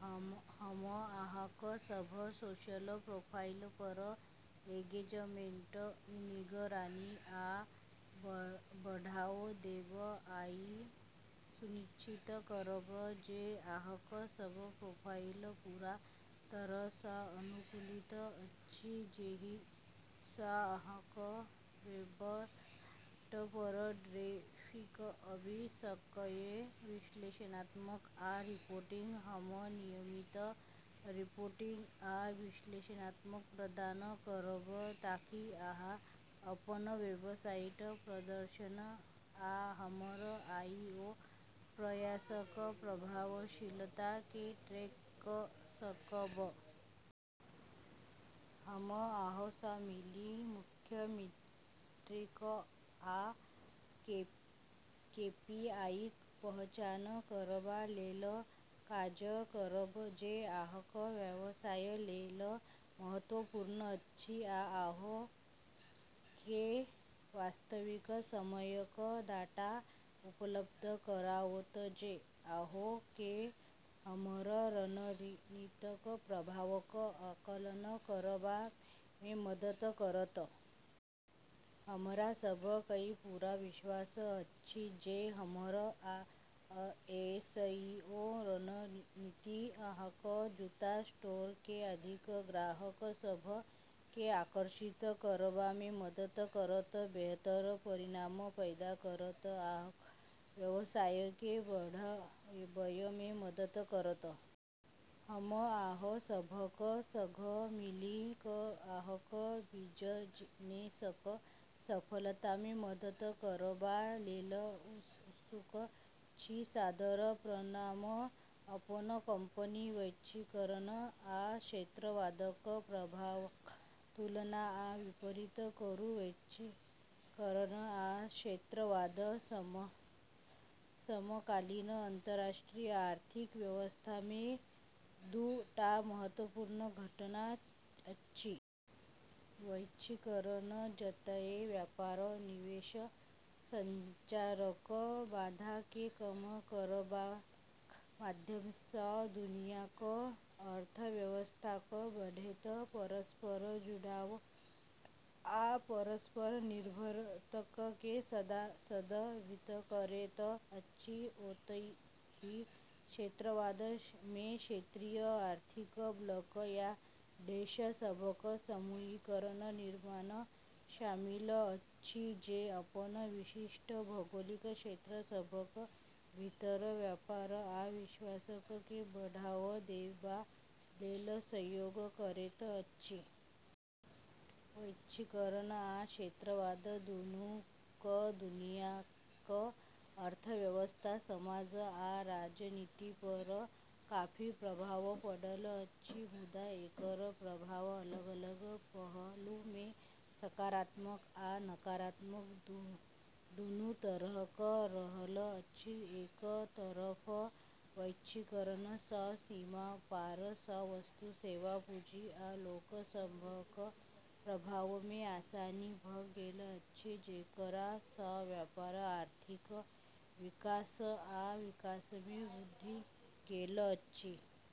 हम अहाँक सभ सोशल प्रोफाइल पर एंगेजमेंटक निगरानी आ बढ़ावा देब, आ ई सुनिश्चित करब जे अहाँक सभ प्रोफाइल पूरा तरह सँ अनुकूलित अछि जेहि सँ अहाँक वेबसाइट पर ट्रैफिक आबि सकए। विश्लेषणात्मकता आ रिपोर्टिंग: हम नियमित रिपोर्टिंग आ विश्लेषणात्मकता प्रदान करब, ताकि अहाँ अपन वेबसाइटक प्रदर्शन आ हमर एसईओ प्रयासक प्रभावशीलता केँ ट्रैक कऽ सकब। हम अहाँ सँ मिलि कऽ मुख्य मीट्रिक आ केपीआईक पहचान करबा लेल काज करब जे अहाँक व्यवसाय लेल महत्वपूर्ण अछि, आ अहाँ केँ वास्तविक समयक डाटा उपलब्ध कराओत जे अहाँ केँ हमर रणनीतिक प्रभावक आकलन करबा मे मदद करत। हमरा सभ केँ पूरा विश्वास अछि जे हमर एसईओ रणनीति अहाँक जूता स्टोर केँ अधिक ग्राहक सभ केँ आकर्षित करबा मे मदद करत, बेहतर परिणाम पैदा करत, आ अहाँक व्यवसाय केँ बढ़ाबय मे मदद करत। हम अहाँ सभक संग मिलि कऽ अहाँक बिजनेसक सफलता मे मदद करबा लेल उत्सुक छी। सादर प्रणाम, [अपन कंपनी]। वैश्वीकरण आ क्षेत्रवादक प्रभावक तुलना आ विपरीत करू। वैश्वीकरण आ क्षेत्रवाद समकालीन अंतर्राष्ट्रीय आर्थिक व्यवस्था मे दू टा महत्वपूर्ण घटना अछि। वैश्वीकरण जतए व्यापार, निवेश, आ संचारक बाधा केँ कम करबाक माध्यम सँ दुनियाक अर्थव्यवस्थाक बढ़ैत परस्पर जुड़ाव आ परस्पर निर्भरता केँ संदर्भित करैत अछि, ओतहि क्षेत्रवाद मे क्षेत्रीय आर्थिक ब्लॉक या देश सभक समूहीकरणक निर्माण शामिल अछि जे अपन विशिष्ट भौगोलिक क्षेत्र सभक भीतर व्यापार आ विकास केँ बढ़ावा देबा लेल सहयोग करैत अछि। वैश्वीकरण आ क्षेत्रवाद दुनू क दुनियाक अर्थव्यवस्था, समाज आ राजनीति पर काफी प्रभाव पड़ल अछि। मुदा एकर प्रभाव अलग-अलग पहलू मे सकारात्मक आ नकारात्मक दुनू तरहक रहल अछि। एक तरफ वैश्वीकरण सँ सीमा पार सँ वस्तु, सेवा, पूंजी, आ लोक सभक प्रवाह मे आसानी भऽ गेल अछि जेकरा सँ व्यापार, आर्थिक विकास आ विकास मे वृद्धि भऽ गेल अछि।